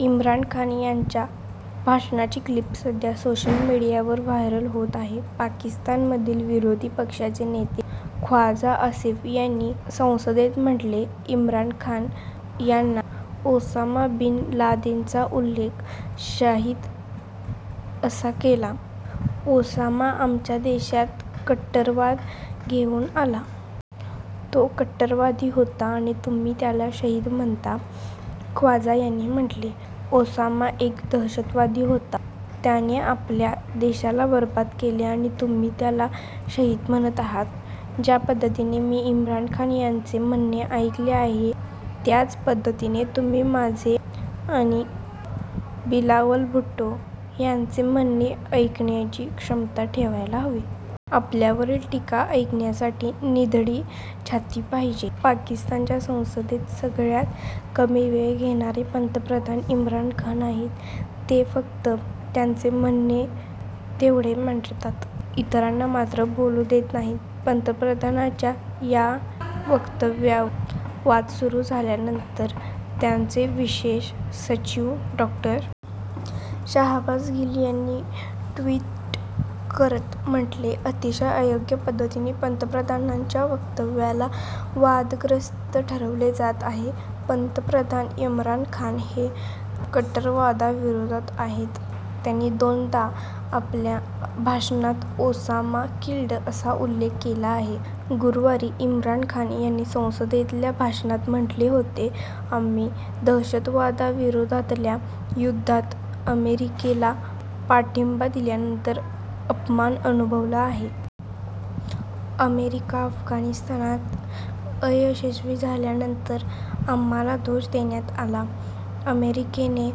इम्रान खान यांच्या भाषणाची क्लिप सध्या सोशल मीडियावर व्हायरल होत आहे. पाकिस्तानमधील विरोधी पक्षाचे नेते ख्वाजा आसिफ यांनी संसदेत म्हटले, इम्रान खान यांनी ओसामा बिन लादेनचा उल्लेख शहीद असा केला. ओसामा आमच्या देशात कट्टरवाद घेऊन आला. तो कट्टरवादी होता आणि तुम्ही त्याला शहीद म्हणता? ख्वाजा यांनी म्हटले, ओसामा एक दहशतवादी होता. त्याने आपल्या देशाला बरबाद केले आणि तुम्ही त्याला शहीद म्हणत आहात? ज्या पद्धतीने मी इम्रान खान यांचे म्हणणे ऐकले आहे, त्याच पद्धतीने तुम्ही माझे आणि बिलावल भुट्टो यांचे म्हणणे ऐकण्याची क्षमता ठेवायला हवी. आपल्यावरील टीका ऐकण्यासाठी निधडी छाती पाहिजे. पाकिस्तानच्या संसदेत सगळ्यात कमी वेळ देणारे पंतप्रधान इम्रान खान आहेत. ते फक्त त्यांचे म्हणणे तेवढे मांडतात. इतरांना मात्र बोलू देत नाहीत. पंतप्रधानांच्या या वक्तव्यावर वाद सुरू झाल्यानंतर त्यांचे विशेष सचिव डॉ. शाहबाज गिल यांनी ट्वीट करत म्हटले, अतिशय अयोग्य पद्धतीने पंतप्रधानांच्या वक्तव्याला वादग्रस्त ठरवले जात आहे. पंतप्रधान इम्रान खान हे कट्टरवादाविरोधात आहेत. त्यांनी दोनदा आपल्या भाषणात ओसामा किल्ड असा उल्लेख केला आहे. गुरुवारी इम्रान खान यांनी संसदेतल्या भाषणात म्हटले होते, आम्ही दहशतवादाविरोधातल्या युद्धात अमेरिकेला पाठिंबा दिल्यानंतर अपमान अनुभवला आहे. अमेरिका अफगाणिस्तानात अयशस्वी झाल्यानंतर आम्हाला दोष देण्यात आला. अमेरिकेने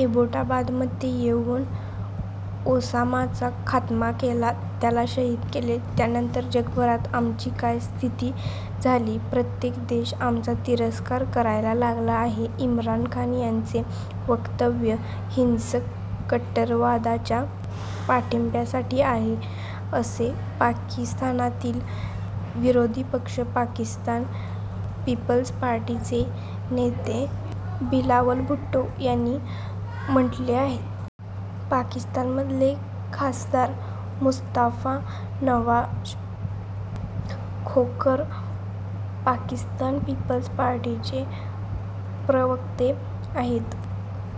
एबोटाबादमध्ये येऊन ओसामाचा खात्मा केला, त्याला शहीद केले. त्यानंतर जगभरात आमची काय स्थिती झाली, प्रत्येक देश आमचा तिरस्कार करायला लागला आहे. इम्रान खान यांचे वक्तव्य हिंसक कट्टरवादाच्या पाठिंब्यासाठी आहे, असे पाकिस्तानातील विरोधी पक्ष पाकिस्तान पीपल्स पार्टीचे नेते बिलावल भुट्टो यांनी म्हटले आहे. पाकिस्तानमधले खासदार मुस्तफा नवाझ खोखर पाकिस्तान पीपल्स पार्टीचे प्रवक्ते आहेत.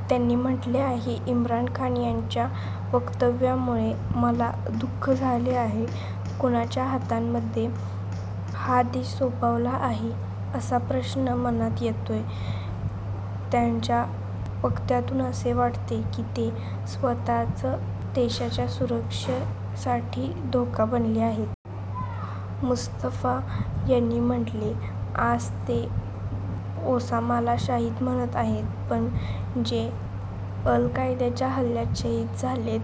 त्यांनी म्हटले आहे, इम्रान खान यांच्या वक्तव्यामुळे मला दु:ख झाले आहे. कुणाच्या हातांमध्ये हा देश सोपावला आहे, असा प्रश्न मनात येतोय. त्यांच्या वक्त्यातून असे वाटते की ते स्वतःच देशाच्या सुरक्षेसाठी धोका बनले आहेत. मुस्तफा यांनी म्हटले, आज ते ओसामाला शहीद म्हणत आहेत. पण, जे अल-कायद्याच्या हल्ल्यात शहीद झालेत,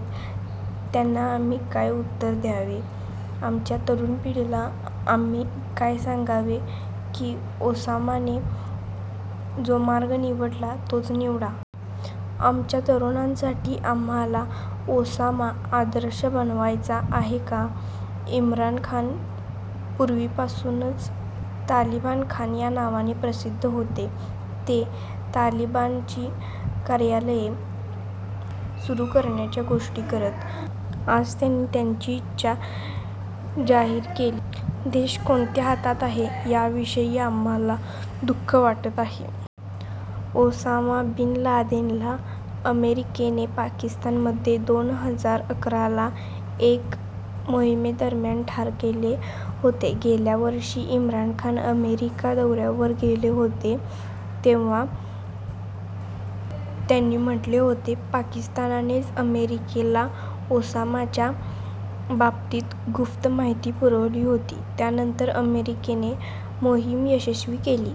त्यांना आम्ही काय उत्तर द्यावे? आमच्या तरुण पिढीला आम्ही काय सांगावे की ओसामाने जो मार्ग निवडला, तोच निवडा? आमच्या तरुणांसाठी आम्हाला ओसामा आदर्श बनवायचा आहे का? इम्रान खान पूर्वीपासूनच तालिबान खान या नावाने प्रसिद्ध होते. ते तालिबानची कार्यालये सुरू करण्याच्या गोष्टी करत. आज त्यांनी त्यांची इच्छा जाहीर केली आहे. देश कोणत्या हातात आहे, याविषयी आम्हाला दु:ख वाटत आहे. ओसामा बिन-लादेनला अमेरिकेने पाकिस्तानमध्ये दोन हजार अकराला एका मोहिमेदरम्यान ठार केले होते. गेल्या वर्षी इम्रान खान अमेरिका दौऱ्यावर गेले होते, तेव्हा त्यांनी म्हटले होते, पाकिस्ताननेच अमेरिकेला ओसामाच्या बाबतीत गुप्त माहिती पुरवली होती. त्यानंतर अमेरिकेने मोहीम यशस्वी केली.